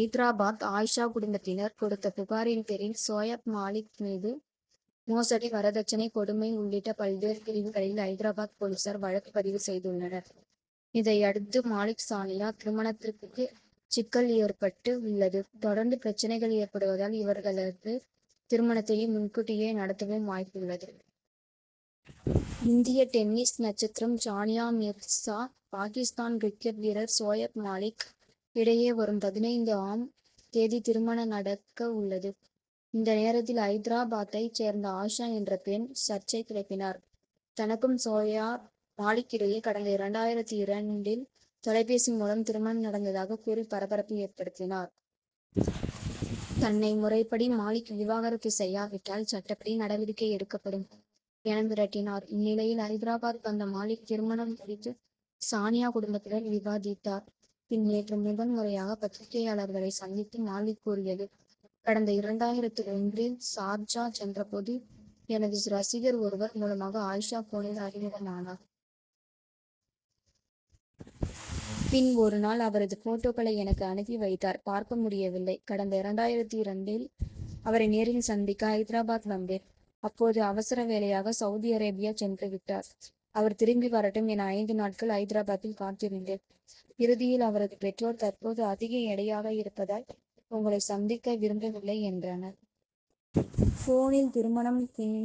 ஐதராபாத் ஆயிஷா குடும்பத்தினர் கொடுத்த புகாரின் பேரில் சோயப் மாலிக் மீது மோசடி வரதட்சணை கொடுமை உள்ளிட்ட பல்வேறு பிரிவுகளில் ஐதராபாத் போலீசார் வழக்கு பதிவு செய்துள்ளனர். இதை அடுத்து மாலிக்-சானியா திருமணத்துக்கு சிக்கல் ஏற்பட்டு உள்ளது. தொடர்ந்து பிரச்னைகள் ஏற்படுவதால் இவர்களது திருமணத்தை முன்கூட்டியே நடத்தவும் வாய்ப்பு உள்ளது. இந்திய டென்னிஸ் நட்சத்திரம் சானியா மிர்சா பாகிஸ்தான் கிரிக்கெட் வீரர் சோயப் மாலிக் இடையே வரும் பதினைந்து ஆம் தேதி திருமணம் நடக்க உள்ளது. இந்த நேரத்தில் ஐதரா பாத்தை சேர்ந்த ஆயிஷா என்ற பெண் சர்ச்சை கிளப்பினார். தனக்கும் சோயப் மாலிக் இடையே கடந்த இரண்டாயிரத்து இரண்டில் தொலைபேசி மூலம் திருமணம் நடந்ததாக கூறி பரபரப்பு ஏற்படுத்தினார். தன்னை முறைப் படி மாலிக் விவாகரத்து செய்யாவிட்டால் சட்டப்படி நடவடிக்கை எடுக்கப்படும் என மிரட்டினார். இந்நிலையில் ஐதராபாத் வந்த மாலிக் திருமணம் குறித்து சானியா குடும்பத்துடன் விவாதித்தார். பின் நேற்று முதன் முறையாக பத்திரிகையாளர்களை சந்தித்து மாலிக் கூறியது: கடந்த இரண்டாயிரத்து ஒன்று இல் சார்ஜா சென்ற போது எனது ரசிகர் ஒருவர் மூலமாக ஆயிஷா போனில் அறிமுகமானார். பின் ஒருநாள் அவரது போட்டோக்களை எனக்கு அனுப்பி வைத்தார். பார்க்க முடியவில்லை கடந்த இரண்டாயிரத்து இரண்டில் அவரை நேரில் சந்திக்க ஐதராபாத் வந்தேன். அப்போது அவசர வேலையாக சவுதி அரேபியா சென்றுவிட்டார். அவர் திரும்பி வரட்டும் என ஐந்து நாட்கள் ஐதராபாத்தில் காத்திருந்தேன். இறுதியில் அவரது பெற்றோர் தற்போது அதிக எடையாக இருப்பதால் உங்களை சந்திக்க விரும்ப வில்லை என்றனர். போனில் திருமணம் பின்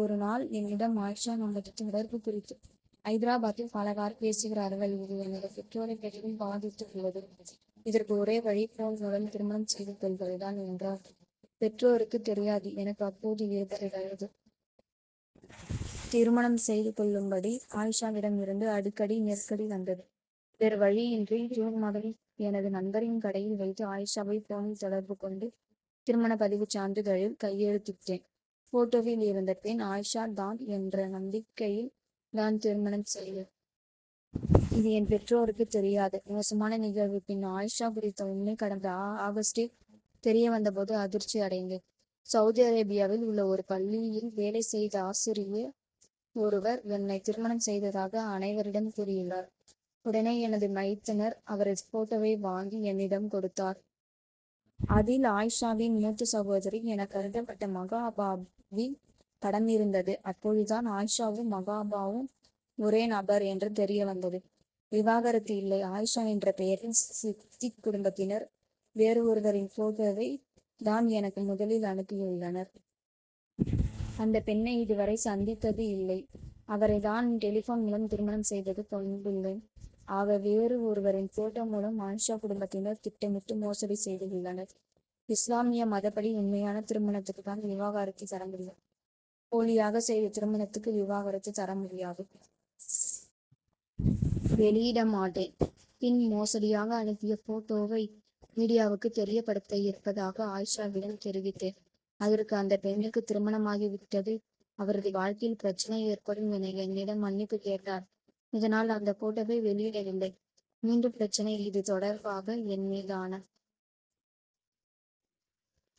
ஒருநாள் என்னிடம் ஆயிஷா நமது தொடர்பு குறித்து ஐதராபாத்தில் பலவாறு பேசுகிறார்கள். இது எனது பெற்றோரை பெரிதும் பாதித்து உள்ளது. இதற்கு ஒரே வழி போன் மூலம் திருமணம் செய்து கொள்வது தான் என்றார். பெற்றோருக்கு தெரியாது எனக்கு அப்போது இருபது வயது. திருமணம் செய்து கொள்ளும் படி ஆயிஷாவிடம் இருந்து அடிக்கடி நெருக்கடி வந்தது. வேறுவழியின்றி ஜூன் மாதம் எனது நண்பரின் கடையில் வைத்து ஆயிஷாவை போனில் தொடர்பு கொண்டு திருமணப்பதிவு சான்றிதழில் கையெழுத்திட்டேன். போட்டோவில் இருந்த பெண் ஆயிஷா தான் என்ற நம்பிக்கையில் தான் திருமணம் செய்தேன். இது என் பெற்றோருக்கு தெரியாது. மோசமான நிகழ்வு பின் ஆயிஷா குறித்த உண்மை கடந்த ஆகஸ்டில் தெரிய வந்த போது அதிர்ச்சி அடைந்தேன். சவுதி அரேபியாவில் உள்ள ஒரு பள்ளியில் வேலை செய்த ஆசிரியை ஒருவர் என்னைத் திருமணம் செய்ததாக அனைவ ரிடமும் கூறியுள்ளார். உடனே எனது மைத்துனர் அவரது போட்டோவை வாங்கி என்னிடம் கொடுத்தார். அதில் ஆயிஷாவின் மூத்த சகோதரி என கருதப்பட்ட மகா அபாவின் படம் இருந்தது. அப்போது தான் ஆயிஷாவும் மகா அபாவும் ஒரே நபர் என்று தெரிய வந்தது. விவாகரத்து இல்லை ஆயிஷா என்ற பெயரில் சித்திக் குடும்பத்தினர் வேறு ஒருவரின் போட்டோவை தான் எனக்கு முதலில் அனுப்பியுள்ளனர். அந்த பெண்ணை இதுவரை சந்தித்தது இல்லை. அவரை தான் டெலிபோன் மூலம் திருமணம் செய்தது கொண்டுள்ளேன். ஆக வேறு ஒருவரின் போட்டோ மூலம் ஆயிஷா குடும்பத்தினர் திட்டமிட்டு மோசடி செய்து உள்ளனர். இஸ்லாமிய மதப்படி உண்மையான திருமணத்துக்குத் தான் விவாகரத்து தரமுடியும். போலியாக செய்த திருமணத் துக்கு விவாகரத்து தர முடியாது. வெளியிட மாட்டேன் பின் மோசடியாக அனுப்பிய போட்டோவை மீடியாவுக்கு தெரியப் படுத்த இருப்பதாக ஆயிஷா விடம் தெரிவித்தேன். அதற்கு அந்த பெண்ணுக்கு திருமணமாகி விட்டது. அவரது வாழ்க்கையில் பிரச்னை ஏற்படும் என என்னிடம் மன்னிப்பு கேட்டார். இதனால் அந்த போட்டோவை வெளியிட வில்லை மீண்டும் பிரச்னை இது தொடர்பாக என்மீதான